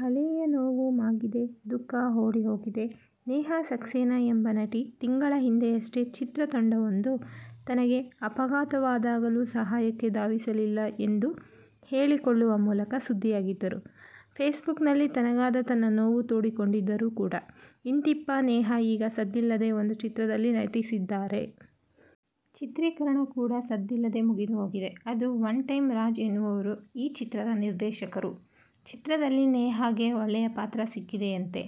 ಹಳೆಯ ನೋವು ಮಾಗಿದೆ, ದುಃಖ ಓಡಿ ಹೋಗಿದೆ. ನೇಹಾ ಸಕ್ಸೇನಾ ಎಂಬ ನಟಿ ತಿಂಗಳ ಹಿಂದೆಯಷ್ಟೇ ಚಿತ್ರತಂಡವೊಂದು ತನಗೆ ಅಪಘಾತವಾದಾಗಲೂ ಸಹಾಯಕ್ಕೆ ಧಾವಿಸಲಿಲ್ಲ ಎಂದು ಹೇಳಿಕೊಳ್ಳುವ ಮೂಲಕ ಸುದ್ದಿಯಾಗಿದ್ದರು. ಫೇಸ್ಬುಕ್ನಲ್ಲಿ ತನ್ನಗಾದ ತನ್ನ ನೋವು ತೋಡಿಕೊಂಡಿದ್ದರು ಕೂಡಾ. ಇಂತಿಪ್ಪ ನೇಹಾ ಈಗ ಸದ್ದಿಲ್ಲದೇ ಒಂದು ಚಿತ್ರದಲ್ಲಿ ನಟಿಸಿದ್ದಾರೆ. ಚಿತ್ರೀಕರಣ ಕೂಡಾ ಸದ್ದಿಲ್ಲದೇ ಮುಗಿದು ಹೋಗಿದೆ. ಅದು "ಒನ್ ಟೈಮ್'. ರಾಜ್ ಎನ್ನುವವರು ಈ ಚಿತ್ರದ ನಿರ್ದೇಶಕರು. ಚಿತ್ರದಲ್ಲಿ ನೇಹಾಗೆ ಒಳ್ಳೆಯ ಪಾತ್ರ ಸಿಕ್ಕಿದೆಯಂತೆ.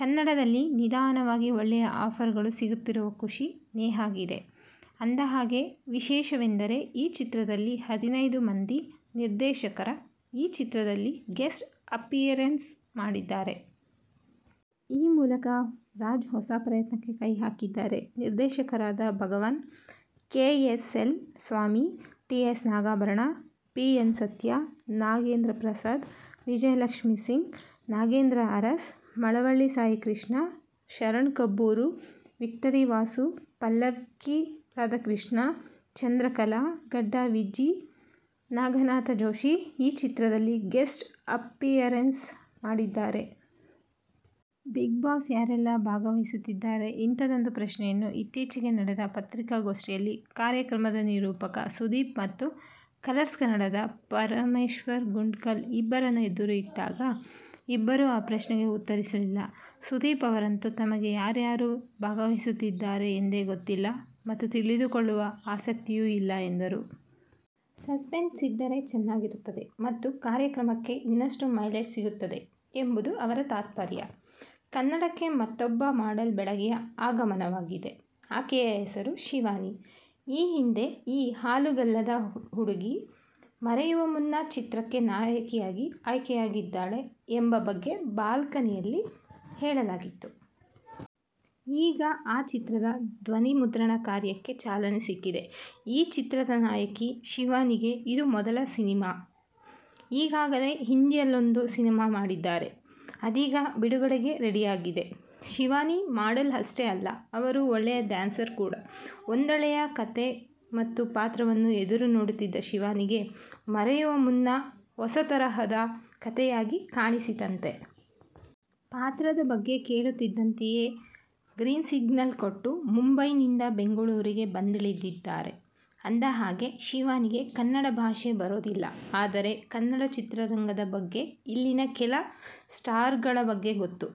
ಕನ್ನಡದಲ್ಲಿ ನಿಧಾನವಾಗಿ ಒಳ್ಳೆಯ ಆಫರ್ಗಳು ಸಿಗುತ್ತಿರುವ ಖುಷಿ ನೇಹಾಗಿದೆ. ಅಂದಹಾಗೆ, ವಿಶೇಷವೆಂದರೆ ಈ ಚಿತ್ರದಲ್ಲಿ ಹದಿನೈದು ಮಂದಿ ನಿರ್ದೇಶಕರ ಈ ಚಿತ್ರದಲ್ಲಿ ಗೆಸ್ಟ್ ಅಪಿಯರೆನ್ಸ್ ಮಾಡಿದ್ದಾರೆ. ಈ ಮೂಲಕ ರಾಜ್ ಹೊಸ ಪ್ರಯತ್ನಕ್ಕೆ ಕೈ ಹಾಕಿದ್ದಾರೆ. ನಿರ್ದೇಶಕರಾದ Bhagwan, K. S. L. Swamy, T. S. Nagabharana, P. N. Sathya, Nagendra Prasad, Vijayalakshmi Singh, Nagendra Urs, Malavalli Saikrishna, Sharan Kabbur, Victory Vasu, Pallakki Radhakrishna, Chandrakala, Gaddaviji, Naganatha Joshi ಈ ಚಿತ್ರದಲ್ಲಿ ಗೆಸ್ಟ್ ಅಪಿಯರೆನ್ಸ್ ಮಾಡಿದ್ದಾರೆ. ಬಿಗ್ ಬಾಸ್ನಲ್ಲಿ ಯಾರೆಲ್ಲಾ ಭಾಗವಹಿಸುತ್ತಿದ್ದಾರೆ? ಇಂಥದ್ದೊಂದು ಪ್ರಶ್ನೆಯನ್ನು ಇತ್ತೀಚೆಗೆ ನಡೆದ ಪತ್ರಿಕಾಗೋಷ್ಠಿಯಲ್ಲಿ ಕಾರ್ಯಕ್ರಮದ ನಿರೂಪಕ ಸುದೀಪ್ ಮತು ಕಲರ್ಸ್ ಕನ್ನಡದ ಪರಮೇಶ್ವರ್ ಗುಂಡ್ಕಲ್ ಇಬ್ಬರ ಎದುರು ಇಟ್ಟಾಗ, ಇಬ್ಬರೂ ಆ ಪ್ರಶ್ನೆಗೆ ಉತ್ತರಿಸಲಿಲ್ಲ. ಸುದೀಪ್ ಅವರಂತೂ ತಮಗೆ ಯಾರ್ಯಾರು ಭಾಗವಹಿಸುತ್ತಿದ್ದಾರೆ ಎಂದೇ ಗೊತ್ತಿಲ್ಲ ಮತ್ತು ತಿಳಿದುಕೊಳ್ಳುವ ಆಸಕ್ತಿಯೂ ಇಲ್ಲ ಎಂದರು. ಸಸ್ಪೆನ್ಸ್ ಇದ್ದರೆ ಚೆನ್ನಾಗಿರುತ್ತದೆ ಮತ್ತು ಕಾರ್ಯಕ್ರಮಕ್ಕೆ ಇನ್ನಷ್ಟು ಮೈಲೇಜ್ ಸಿಗುತ್ತದೆ ಎಂಬುದು ಅವರ ತಾತ್ಪರ್ಯ. ಕನ್ನಡಕ್ಕೆ ಮತ್ತೂಬ್ಬ ಮಾಡೆಲ್ ಬೆಡಗಿಯ ಆಗಮನವಾಗಿದೆ. ಆಕೆಯ ಹೆಸರು ಶಿವಾನಿ. ಈ ಹಿಂದೆ ಈ ಹಾಲುಗಲ್ಲದ ಹುಡುಗಿ 'ಮರೆಯುವ ಮುನ್ನ' ಚಿತ್ರಕ್ಕೆ ನಾಯಕಿಯಾಗಿ ಆಯ್ಕೆಯಾಗಿದ್ದಾಳೆ ಎಂಬ ಬಗ್ಗೆ ಬಾಲ್ಕನಿಯಲ್ಲಿ ಹೇಳಲಾಗಿತ್ತು. ಈಗ ಆ ಚಿತ್ರದ ಧ್ವನಿಮುದ್ರಣ ಕಾರ್ಯಕ್ಕೆ ಚಾಲನೆ ಸಿಕ್ಕಿದೆ. ಈ ಚಿತ್ರದ ನಾಯಕಿ ಶಿವಾನಿಗೆ ಇದು ಕನ್ನಡದ ಮೊದಲ ಸಿನಿಮಾ. ಈಗಾಗಲೇ ಹಿಂದಿಯಲ್ಲೊಂದು ಸಿನಿಮಾ ಮಾಡಿದ್ದಾರೆ. ಅದೀಗ ಬಿಡುಗಡೆಗೆ ರೆಡಿಯಾಗಿದೆ. ಶಿವಾನಿ ಮಾಡೆಲ್ ಅಷ್ಟೇ ಅಲ್ಲ, ಅವರು ಒಳ್ಳೆಯ ಡ್ಯಾನ್ಸರ್ ಕೂಡ. ಒಂದೊಳ್ಳೆಯ ಕಥೆ ಮತ್ತು ಪಾತ್ರವನ್ನು ಎದುರುನೋಡುತ್ತಿದ್ದ ಶಿವಾನಿಗೆ, 'ಮರೆಯುವ ಮುನ್ನ' ಹೊಸತರಹದ ಕಥೆಯಾಗಿ ಕಾಣಿಸಿತಂತೆ. ಪಾತ್ರದ ಬಗ್ಗೆ ಕೇಳುತ್ತಿದ್ದಂತೆಯೇ ಗ್ರೀನ್ಸಿಗ್ನಲ್ ಕೊಟ್ಟು, ಮುಂಬೈನಿಂದ ಬೆಂಗಳೂರಿಗೆ ಬಂದಿಳಿದಿದ್ದಾರೆ. ಅಂದಹಾಗೆ, ಶಿವಾನಿಗೆ ಕನ್ನಡ ಭಾಷೆ ಬರೋದಿಲ್ಲ. ಆದರೆ, ಕನ್ನಡ ಚಿತ್ರರಂಗದ ಬಗ್ಗೆ ಇಲ್ಲಿನ ಕೆಲ ಸ್ಟಾರ್ಗಳ ಬಗ್ಗೆ ಗೊತ್ತು.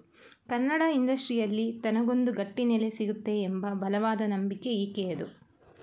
ಕನ್ನಡ ಇಂಡಸ್ಟ್ರಿಯಲ್ಲಿ ತನಗೊಂದು ಗಟ್ಟಿ ನೆಲೆ ಸಿಗುತ್ತೆ ಎಂಬ ಬಲವಾದ ನಂಬಿಕೆ ಈಕೆಯದು.